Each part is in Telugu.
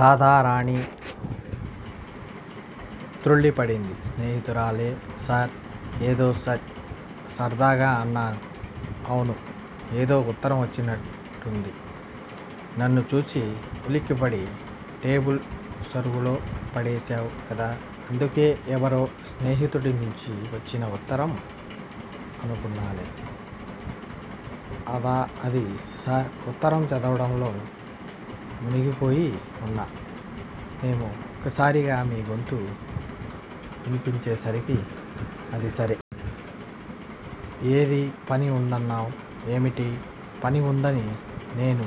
రాధారాణి తృళ్ళి పడింది. స్నేహితురాలే సార్! ఏదో సర్సర్దాగా అన్నాను. అవునూ? ఏదోఉత్తరం వచ్చినట్టుంది? నన్ను చూసి ఉలిక్కిపడి టేబుల్ సొరుగులో పడేశావు గదా? అందుకే ఏవరో స్నేహితుడి నుంచి వచ్చిన ఉత్తరం అనుకున్నాలే! అదా! అది సార్ ఉత్తరం చదవడంలో మునిగిపోయి వున్నా నేమో- ఒక్కసారిగా మీ గొంతు విన్పించే సరికి అది సరే! ఏది పని ఉందన్నావ్? ఏమిటి? పని ఉందని నేను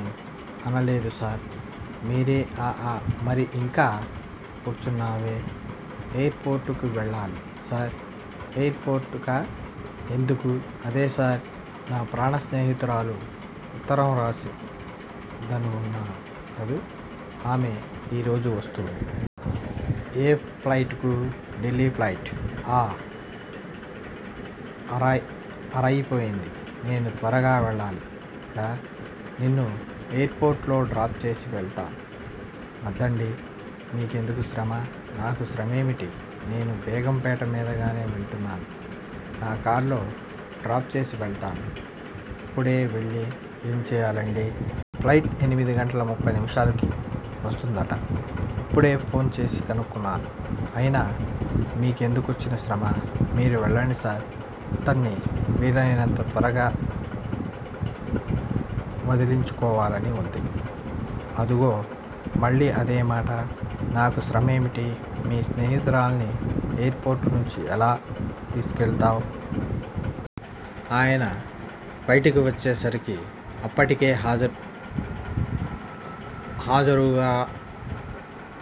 అనలేదు సార్! మీరే ఆ ఆ! మరి ఇంకా కూర్చున్నావే? ఎయిర్ పోర్టుకు వెళ్ళాలి సార్ ఎయిర్ పోర్టుకా? ఎందుకూ? అదే సార్! నా ప్రాణ స్నేహితురాలు ఉత్తరం రాసిందదన్నాను కదూ? ఆమె ఈ రోజు వస్తోంది. ఏ ప్లైటుకూ? ఢిల్లీ ప్లైట్! ఆ! అరఆరయిపోయింది! నేను త్వరగా వెళ్ళాలి. రా! నిన్ను ఎయిర్ పోర్టులో డ్రాప్ చేసి వెళ్తాను. వద్దండీ! మీ కెందుకు శ్రమ? నాకు శ్రమేమిటి నేను బేగం పేట మీదగానే వెళ్తున్నాను. నా కార్లో డ్రాప్ చేసి వెళ్తాను. ఇప్పుడే వెళ్ళీ ఏం చెయ్యాలండీ? ప్లైట్ ఎనిమిది గంటల ముప్పై నిముషాలు కి వస్తుందట. ఇప్పుడే ఫోన్ చేసి కనుక్కొన్నాను. అయినా మీకెందుకొచ్చిన శ్రమా! మీరు వెళ్లండి సార్ అతడ్ని వీలయినంత త్వరగా వదిలించుకోవాలని ఉంది. అదుగో! మళ్ళీ అదేమాటా? నాకు శ్రమ ఏమిటి? మీ స్నేహితురాల్ని ఎయిర్ పోర్టునుంచి ఎలా తీసుకెళ్తవ్? ఆయన బయటికి వచ్చేసరికి అప్పటికే హాజరుహాజరుగా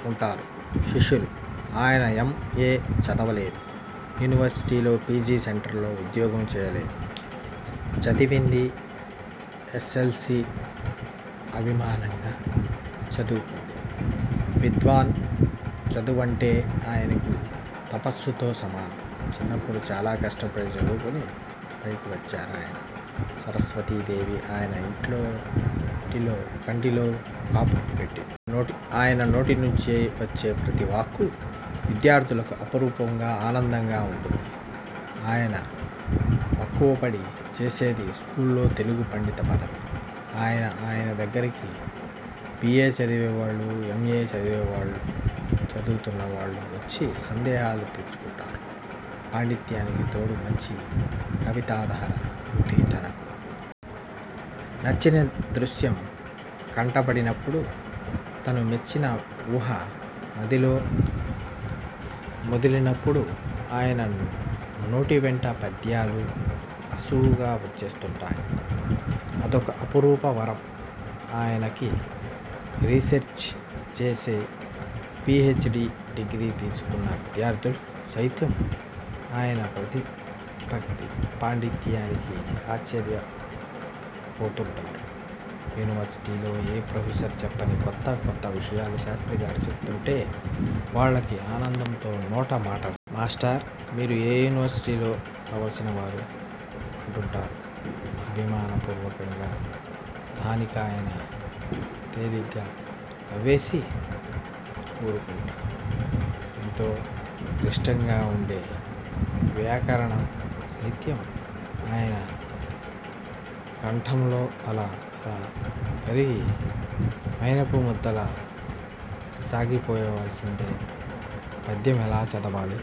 వుంటారు శిష్యులు. ఆయన ఎమ్. ఎ. చదవలేదు. యూనివర్శిటీలో పి. జి. సెంటర్స్ లో ఉద్యోగం చేయలేదు. చదివింది ఎసెసెల్సీ, అభిమానంగా చదువుకుంది విద్వాన్. చదువంటే ఆయనకి తపస్సుతో సమానం. చిన్నప్పుడు చాలా కష్టపడి చదువుకుని పైకివచ్చారాయన. సరస్వతీదేవి ఆయన ఇంటిలో ఒంటిలోకంటిలో కాపురం పెట్టింది. ఆయన నోటి నుంచి వచ్చే ప్రతివాక్కు విద్యార్ధులకు అపురూపంగా ఆనందంగా వుంటుంది. ఆయన మక్కువపడి చేసేది స్కూల్లో తెలుగు పండిత పదవి. అయినా ఆయనదగ్గరకి బి. ఏ. చదివేవాళ్ళు ఎమ్. ఎ చదివేవాళ్ళుచదువుతున్నవాళ్లూ వచ్చి సందేహాలు తీర్చుకుంటారు. పాండిత్యానికి తోడు మంచి కవితాధార వుంది తనకు. నచ్చిన దృశ్యం కంటబడినపుడు తను మెచ్చిన వూహ మదిలో మెదిలినపుడు ఆయన నోటివెంట పద్యాలు ఆశువుగా వచ్చేస్తుంటాయి. అదొక అపురూప వరం ఆయనకి. రీసెర్చి చేసి పి హెచ్. డి డిగ్రీ తీసుకున్న విద్యార్ధులు సైతం ఆయన ప్రతిభకి పాండిత్యానికీ ఆశ్చర్యపోతుంటారు. యూనివర్శిటీలో ఏ ప్రొఫెసరూ చెప్పని కొత్త కొత్త విషయాలు శాస్త్రిగారు చెపుతుంటే వాళ్ళకి ఆనందంతో నోట మాటరాదు. మాస్టారూ! మీరు ఏ యూనివర్శిటీలోనో ఉండాల్సినవారు అంటూంటారు అభిమాన పూర్వకంగా. దానికాయన తేలిగ్గా నవ్వేసి వూరుకుంటారు. ఎంతో క్లిష్టంగా వుండే వ్యాకరణం సంఖ్య ఆయన కంఠంలో అలా అలా కరిగి మైనపు ముద్దలా సాగిపోవాల్సిందే పద్యం ఎలా చదవాలి